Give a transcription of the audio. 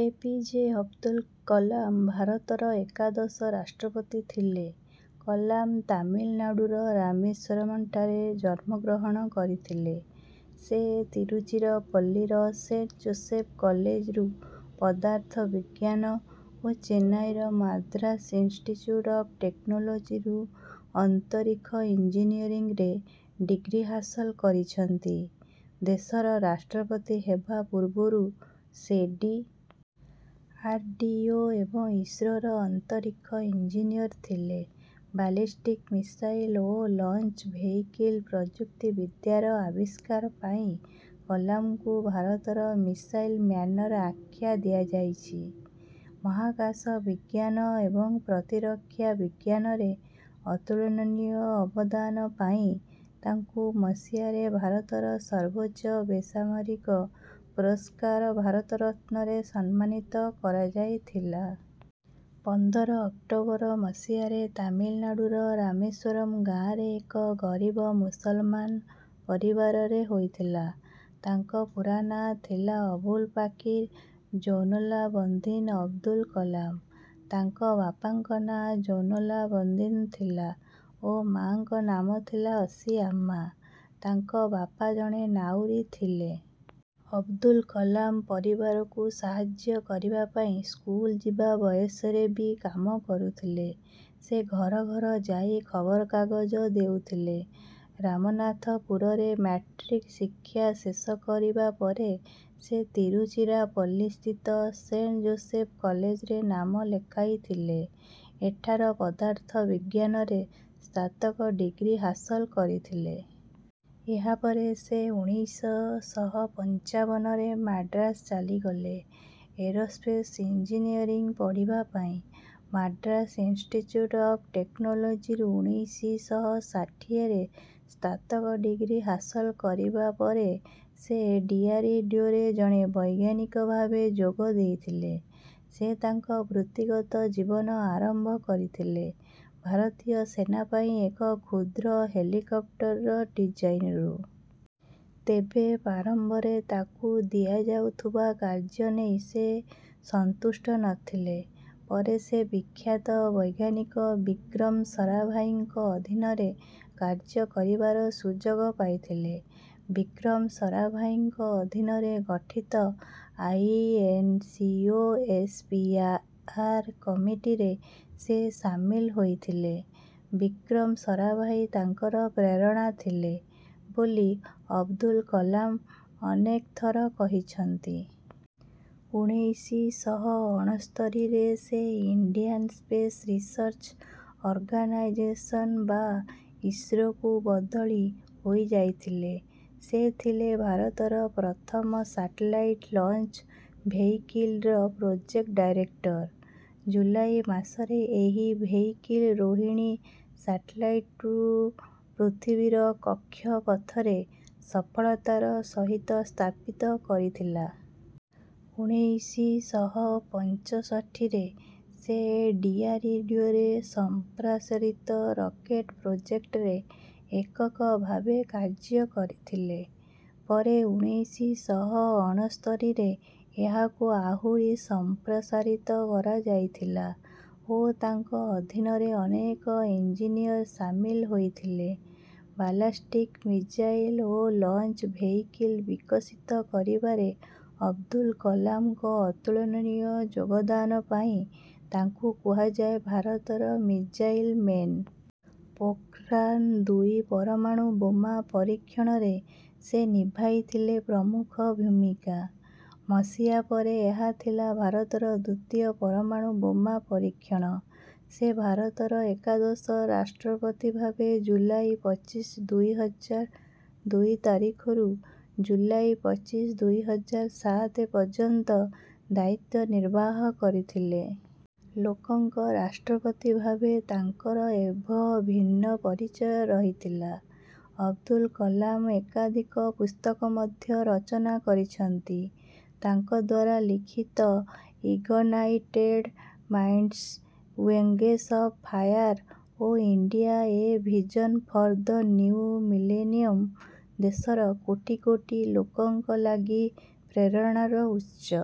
ଏ P J Abdul Kalam ଭାରତର ଏକାଦଶ ରାଷ୍ଟ୍ରପତି ଥିଲେ। କଲାମ ତାମିଲନାଡୁର ରାମେଶ୍ୱରମ୍ ଠାରେ ଜନ୍ମଗ୍ରହଣ କରିଥିଲେ। ସେ ତିରୁଚିରପଲ୍ଲୀର ସେଣ୍ଟ ଜୋସେଫ୍ କଲେଜରୁ ପଦାର୍ଥ ବିଜ୍ଞାନ ଓ ଚେନ୍ନାଇର ମାଦ୍ରାସ ଇନ୍ସଟିଚ୍ୟୁଟ୍ ଅଫ୍ ଟେକ୍ନୋଲୋଜିରୁ ଅନ୍ତରୀକ୍ଷ ଇଂଜିନିୟରିଂରେ ଡିଗ୍ରୀ ହାସଲ କରିଛନ୍ତି। ଦେଶର ରାଷ୍ଟ୍ରପତି ହେବା ପୂର୍ବରୁ ସେ ଡି. ଆର୍ ଡି ଓ ଏବଂ ଇସ୍ରୋରେ ଅନ୍ତରୀକ୍ଷ ଇଂଜିନିୟର ଥିଲେ। ବାଲିଷ୍ଟିକ ମିଶାଇଲ୍ ଓ ଲଞ୍ଚ ଭେହିକିଲ୍ ପ୍ରଯୁକ୍ତିବିଦ୍ୟାର ଆବିଷ୍କାର ପାଇଁ କଲାମଙ୍କୁ ଭାରତର ମିଶାଇଲ୍ ମ୍ୟାନର ଆଖ୍ୟା ଦିଆଯାଇଛି। ମହାକାଶ ବିଜ୍ଞାନ ଏବଂ ପ୍ରତିରକ୍ଷା ବିଜ୍ଞାନରେ ଅତୁଳନୀୟ ଅବଦାନ ପାଇଁ ତାଙ୍କୁ ମସିହାରେ ଭାରତର ସର୍ବୋଚ ବେସାମରିକ ପୁରସ୍କାର ଭାରତ ରତ୍ନରେ ସମ୍ମାନିତ କରା ଯାଇଥିଲା। ପନ୍ଦର ଅକ୍ଟୋବର ମସିହାରେ ତାମିଲନାଡୁର ରାମେଶ୍ୱରମ ଗାଁରେ ଏକ ଗରିବ ମୁସଲମାନ ପରିବାରରେ ହୋଇଥିଲା। ତାଙ୍କ ପୂରା ନାଁ ଥିଲା ଅଭୁଲ ପାକିର ଜୈନୁଲାବଦ୍ଦୀନ ଅବଦୁଲ କଲାମ। ତାଙ୍କ ବାପାଙ୍କ ନାଁ ଜୈନୁଲାବଦ୍ଦୀନ ଥିଲା ଓ ମାଙ୍କ ନାମ ଥିଲା ଅସିଆମ୍ମା। ତାଙ୍କ ବାପା ଜଣେ ନାଉରୀ ଥିଲେ। ଅବଦୁଲ କଲାମ ପରିବାରକୁ ସାହାଯ୍ୟ କରିବା ପାଇଁ ସ୍କୁଲ୍ ଯିବା ବୟସରେ ବି କାମ କରୁଥିଲେ। ସେ ଘର ଘର ଯାଇ ଖବରକାଗଜ ଦେଉଥିଲେ। ରାମନାଥପୁରରେ ମାଟ୍ରିକ ଶିକ୍ଷା ଶେଷ କରିବା ପରେ ସେ ତିରୁଚିରାପଲ୍ଲୀ ସ୍ଥିତ ସେଣ୍ଟ ଯୋଶେଫ କଲେଜରେ ନାମ ଲେଖାଇଥିଲେ। ଏଠାର ପଦାର୍ଥ ବିଜ୍ଞାନରେ ସ୍ନାତକ ଡିଗ୍ରୀ ହାସଲ କରିଥିଲେ। ଏହାପରେ ସେ ଉଣେଇଶ ଶହ ପଞ୍ଚାବନରେ ମାଡ୍ରାସ ଚାଲିଗଲେ ଏରୋସ୍ପେସ୍ ଇଂଜିନିୟରିଂ ପଢ଼ିବା ପାଇଁ। ମାଡ୍ରାସ ଇନଷ୍ଟିଚ୍ୟୁଟ୍ ଅଫ୍ ଟେକ୍ନୋଲୋଜିରୁ ଉଣେଇଶ ଶହ ଷାଠିଏରେ ସ୍ନାତକ ଡିଗ୍ରୀ ହାସଲ କରିବା ପରେ ସେ ଡିଆରଡିଓରେ ଜଣେ ବୈଜ୍ଞାନିକ ଭାବେ ଯୋଗ ଦେଇଥିଲେ। ସେ ତାଙ୍କ ବୃତ୍ତିଗତ ଜୀବନ ଆରମ୍ଭ କରିଥିଲେ ଭାରତୀୟ ସେନା ପାଇଁ ଏକ କ୍ଷୁଦ୍ର ହେଲିକପ୍ଟରର ଡିଜାଇନରୁ। ତେବେ ପ୍ରାରମ୍ଭରେ ତାଙ୍କୁ ଦିଆଯାଉଥିବା କାର୍ଯ୍ୟ ନେଇ ସେ ସନ୍ତୁଷ୍ଟ ନଥିଲେ। ପରେ ସେ ବିଖ୍ୟାତ ବୈଜ୍ଞାନିକ ବିକ୍ରମ ସରାଭାଇଙ୍କ ଅଧୀନରେ କାର୍ଯ୍ୟ କରିବାର ସୁଯୋଗ ପାଇଥିଲେ। ବିକ୍ରମ ସରାଭାଇଙ୍କ ଅଧୀନରେ ଗଠିତ ଆଇଏନସିଓଏସପିଏଆର୍ କମିଟିରେ ସେ ସାମିଲ ହୋଇଥିଲେ। ବିକ୍ରମ ସରାଭାଇ ତାଙ୍କର ପ୍ରେରଣା ଥିଲେ ବୋଲି ଅବଦୁଲ କଲାମ ଅନେକ ଥର କହିଛନ୍ତି। ଉଣେଇଶ ଶହ ଅଣସ୍ତରୀରେ ସେ ଇଣ୍ଡିଆନ୍ ସ୍ପେସ୍ ରିସର୍ଚ୍ଚ ଅର୍ଗାନାଇଜେସନ୍ ବା ଇସ୍ରୋକୁ ବଦଳି ହୋଇ ଯାଇଥିଲେ। ସେ ଥିଲେ ଭାରତର ପ୍ରଥମ ସାଟେଲାଇଟ୍ ଲଞ୍ଚ୍ ଭେହିକିଲ୍ ର ପ୍ରୋଜେକ୍ଟ ଡାଇରେକ୍ଟର। ଜୁଲାଇ ମାସରେ ଏହି ଭେହିକିଲ୍ ରୋହିଣୀ ସାଟେଲାଇଟ୍କୁ ପୃଥିବୀର କକ୍ଷ ପଥରେ ସଫଳତାର ସହିତ ସ୍ଥାପିତ କରିଥିଲା। ଉଣେଇଶ ଶହ ପଞ୍ଚଷଠିରେ ସେ ଡିଆରଡିଓରେ ସଂପ୍ରସାରିତ ରକେଟ୍ ପ୍ରୋଜେକ୍ଟରେ ଏକକ ଭାବେ କାର୍ଯ୍ୟ କରିଥିଲେ। ପରେ ଉଣେଇଶ ଶହ ଅଣସ୍ତରୀରେ ଏହାକୁ ଆହୁରି ସଂପ୍ରସାରିତ କରାଯାଇଥିଲା ଓ ତାଙ୍କ ଅଧୀନରେ ଅନେକ ଇଂଜିନିୟର ସାମିଲ ହୋଇଥିଲେ। ବାଲାଷ୍ଟିକ୍ ମିଜାଇଲ୍ ଓ ଲଞ୍ଚ ଭେହିକିଲ୍ ବିକଶିତ କରିବାରେ ଅବଦୁଲ କଲାମଙ୍କ ଅତୁଳନୀୟ ଯୋଗଦାନ ପାଇଁ ତାଙ୍କୁ କୁହାଯାଏ ଭାରତର ମିଜାଇଲ୍ ମେନ୍। ପୋଖରାନ୍ ଦୁଇ ପରମାଣୁ ବୋମା ପରୀକ୍ଷଣରେ ସେ ନିଭାଇ ଥିଲେ ପ୍ରମୁଖ ଭୂମିକା। ମସିହା ପରେ ଏହା ଥିଲା ଭାରତର ଦ୍ୱିତୀୟ ପରମାଣୁ ବୋମା ପରୀକ୍ଷଣ। ସେ ଭାରତର ଏକାଦଶ ରାଷ୍ଟ୍ରପତି ଭାବେ ଜୁଲାଇ ପଚିଶ ଦୁଇ ହଜାର ଦୁଇ ତାରିଖରୁ ଜୁଲାଇ ପଚିଶ ଦୁଇ ହଜାର ସାତ ପର୍ଯ୍ୟନ୍ତ ଦାୟିତ୍ୱ ନିର୍ବାର୍ହ କରିଥିଲେ। ଲୋକଙ୍କ ରାଷ୍ଟ୍ରପତି ଭାବେ ତାଙ୍କର ଏଭ ଭିନ୍ନ ପରିଚୟ ରହିଥିଲା। ଅବଦୁଲ କଲାମ ଏକାଧିକ ପୁସ୍ତକ ମଧ୍ୟ ରଚନା କରିଛନ୍ତି। ତାଙ୍କଦ୍ୱାରା ଲିଖିତ ignited minds wings of fire ଓ India a vision for the new millennium ଦେଶର କୋଟି କୋଟି ଲୋକଙ୍କ ଲାଗି ପ୍ରେରଣାର ଉତ୍ସ।